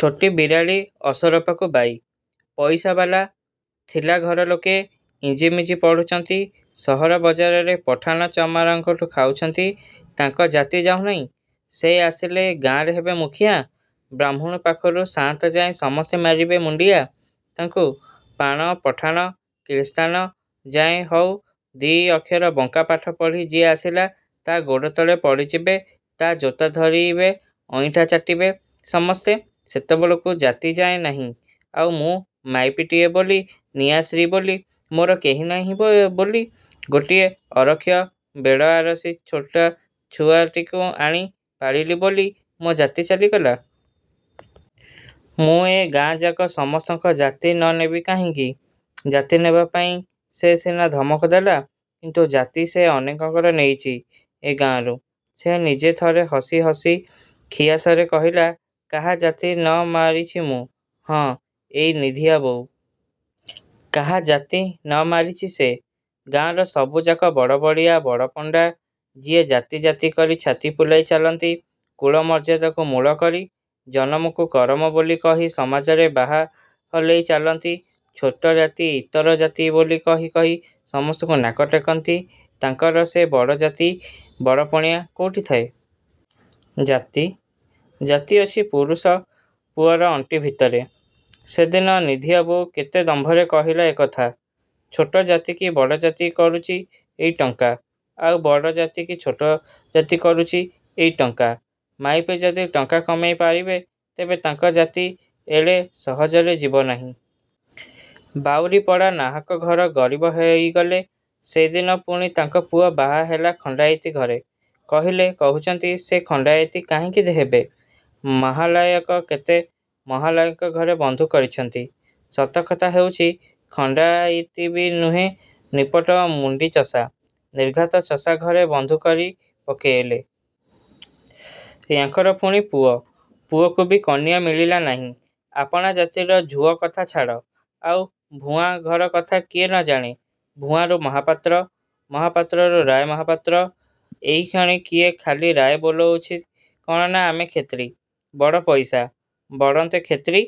ଛୋଟୀ ବିରାଡ଼ି ଅସରପାକୁ ବାଇ। ପଇସାବାଲା, ଥିଲା ଘର ଲୋକେ, ଇଞ୍ଜିମିଞ୍ଜି ପଢ଼ୁଚନ୍ତି, ସହର ବଜାରରେ ପଠାଣ ଚମାରଙ୍କଠୁ ଖାଉଚନ୍ତି, ତାଙ୍କ ଜାତି ଯାଉନାହିଁ–ସେ ଆସିଲେ, ଗାଁରେ ହେବେ ମୁଖିଆ, ବାହ୍ମୁଣ ପାଖରୁ ସାଆନ୍ତ ଯାଏଁ ସମସ୍ତେ ମାରିବେ ମୁଣ୍ଡିଆ ତାଙ୍କୁ–ପାଣ ପଠାଣ କିରସ୍ତାନ ଯାଏଁ ହଉ, ଦି ଅକ୍ଷର ବଙ୍କା ପାଠ ପଢ଼ି ଯିଏ ଆସିଲା–ତା' ଗୋଡ଼ତଳେ ପଡ଼ିଯିବେ, ତା' ଜୋତା ଧରିବେ, ଅଇଁଠା ଚାଟିବେ–ସମସ୍ତେ–ସେତେବେଳକୁ ଜାତି ଯାଏଁ ନାହିଁ–ଆଉ ମୁଁ ମାଇପିଟିଏ ବୋଲି, ନିଆଶ୍ରୀ ବୋଲି, ମୋର କେହି ନାହିଁ ବୋଲି, ଗୋଟିଏ ଅରକ୍ଷ ବେଡ଼ଆରସୀ ଛୁଆଟିଏ ଆଣି ପାଳିଲି ବୋଲି ମୋ ଜାତି ଚାଲିଗଲା-। ମୁଁ ଏ ଗାଁଯାକ ସମସ୍ତଙ୍କ ଜାତି ନ ନେବି କାହିଁକି? '' ଜାତି ନବାପାଇଁ ସେ ସିନା ଧମକ ଦେଲା, କିନ୍ତୁ ଜାତି ସେ ଅନେକଙ୍କର ନେଇଚି–ଏ ଗାଁରୁ। ସେ ନିଜେ ଥରେ ହସି ହସି ଖିଆସରେ କହିଲା–''କାହା ଜାତି ନ ମାରିଚି ମୁଁ। '' ହଁ, ଏଇ ନିଧିଆ ବୋଉ। କାହା ଜାତି ନ ମାରିଚି ସେ। ଗାଁର ସବୁଯାକ ବଡ଼ବଡ଼ିଆ, ବଡ଼ପଣ୍ଡା, ଯିଏ ଜାତି ଜାତି କରି ଛାତି ଫୁଲାଇ ଚାଲନ୍ତି, କୁଳ ମର୍ଯ୍ୟାଦାକୁ ମୂଳ କରି, ଜନମକୁ କରମ ବୋଲି କହି ସମାଜରେ ବାହା ହଲେଇ ଚାଲନ୍ତି–ଛୋଟ ଜାତି ଇତର ଜାତି ବୋଲି କହି କହି ସମସ୍ତଙ୍କୁ ନାକ ଟେକନ୍ତି–ତାଙ୍କର ସେ ବଡ଼ ଜାତି, ବଡ଼ପଣିଆ କୋଉଠି ଥାଏ! ଜାତି? ଜାତି ଅଛି ପୁରୁଷ ପୁଅର ଅଣ୍ଟି ଭିତରେ। ସେଦିନ ନିଧିଆ ବୋଉ କେତେ ଦମ୍ଭରେ କହିଲା ଏ କଥା। ଛୋଟ ଜାତିକି ବଡ଼ ଜାତି କରୁଚି ଏଇ ଟଙ୍କା–ଆଉ ବଡ଼ ଜାତିକି ଛୋଟ ଜାତି କରୁଚି ଏଇ ଟଙ୍କା। ମାଇପେ ଯଦି ଟଙ୍କା କମେଇ ପାରିବେ, ତେବେ ତାଙ୍କ ଜାତି ଏଡ଼େ ସହଜରେ ଯିବ ନାହିଁ। ବାଉରି ପଡ଼ା ନାହାକ ଘର ଗରିବ ହେଇଗଲେ। ସେଦିନ ପୁଣି ତାଙ୍କ ପୁଅ ବାହା ହେଲା ଖଣ୍ଡାଇତ ଘରେ। କହିଲେ କହୁଚନ୍ତି–ସେ ଖଣ୍ଡାଇତି କାହିଁକି ହେବେ–ମହାଲାୟକ କେତେ ମହାଲାୟକଙ୍କ ଘରେ ବନ୍ଧୁ କରିଛନ୍ତି। ସତକଥା ହଉଚି–ଖଣ୍ଡାଇତବି ନୁହେଁ–ନିପଟ ମୁଣ୍ଡି ଚଷା। ନିର୍ଘାତ ଚଷା ଘରେ ବନ୍ଧୁ କରି ପକେଇଲେ। ୟାଙ୍କର ପୁଣି ପୁଅ। ପୁଅକୁବି କନିଆ–ମିଳିଲା ନାହିଁ, ଆପଣା ଜାତିରେ ଝୁଅ କଥା ଛାଡ଼। ଆଉ ଭୁୟାଁ ଘର କଥା କିଏ ନ ଜାଣେ! ଭୁୟାଁରୁ ମହାପତ୍ର ମହାପାତ୍ରରୁ ରାୟ ମହାପାତ୍ର। ଏଇକ୍ଷଣି କିଏ ଖାଲି ରାୟ ବୋଲଉଚି କ'ଣନା–ଆମେ କ୍ଷେତ୍ରି। ବଡ଼ ପଇସା। ବଢ଼ନ୍ତେ କ୍ଷେତ୍ରି,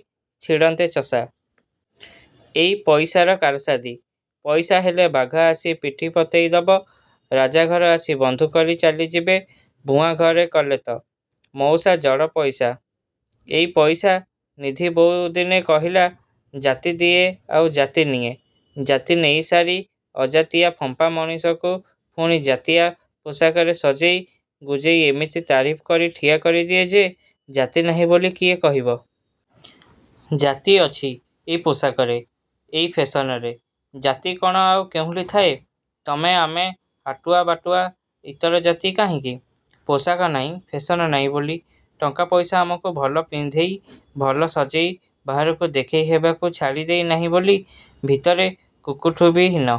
ଛିଡ଼ନ୍ତେ ଚଷା। ଏଇ ପଇସାର କାରସାଦି। ପଇସା ହେଲେ ବାଘ ଆସି ପିଠି ପତେଇ ଦବ। ରଜାଘର ଆସି ବନ୍ଧୁ କରି ଚାଲିଯିବେ–ଭୁୟାଁ ଘରେ କଲେ ତ। ମଉସା–ଜଡ଼ ପଇସା। ଏଇ ପଇସା–ନିଧିଆ ବୋଉ ଦିନେ କହିଲା–ଜାତି ଦିଏ ଆଉ ଜାତି ନିଏ। ଜାତି ନେଇ ସାରି, ଅଜାତିଆ ଫମ୍ପା ମଣିଷଟାକୁ ପୁଣି ଜାତିଆ ପୋଷାକରେ ସଜେଇ ଗୁଜେଇ ଇମିତି ତାରିଫ କରି ଠିଆ କରିଦିଏ ଯେ, ଜାତି ନାହିଁ ବୋଲି କିଏ କହିବ? ଜାତି ଅଛି ଏଇ ପୋଷାକରେ–ଏଇ ଫେଶନରେ। ଜାତି କ'ଣ ଆଉ କୋଉଠି ଥାଏ। ତମେ ଆମେ ହାଟୁଆ ବାଟୁଆ ଇତର ଜାତି କାହିଁକି? ପୋଷାକ ନାହିଁ–ଫେଶନ ନାହିଁ ବୋଲି–ଟଙ୍କା ପଇସା ଆମକୁ ଭଲ ପିନ୍ଧେଇ, ଭଲ ସଜେଇ ବାହାରକୁ ଦେଖେଇ ହବାକୁ ଛାଡ଼ି ଦେଇ ନାହିଁ ବୋଲି। ଭିତରେ କୁକୁଠୁବି ହୀନ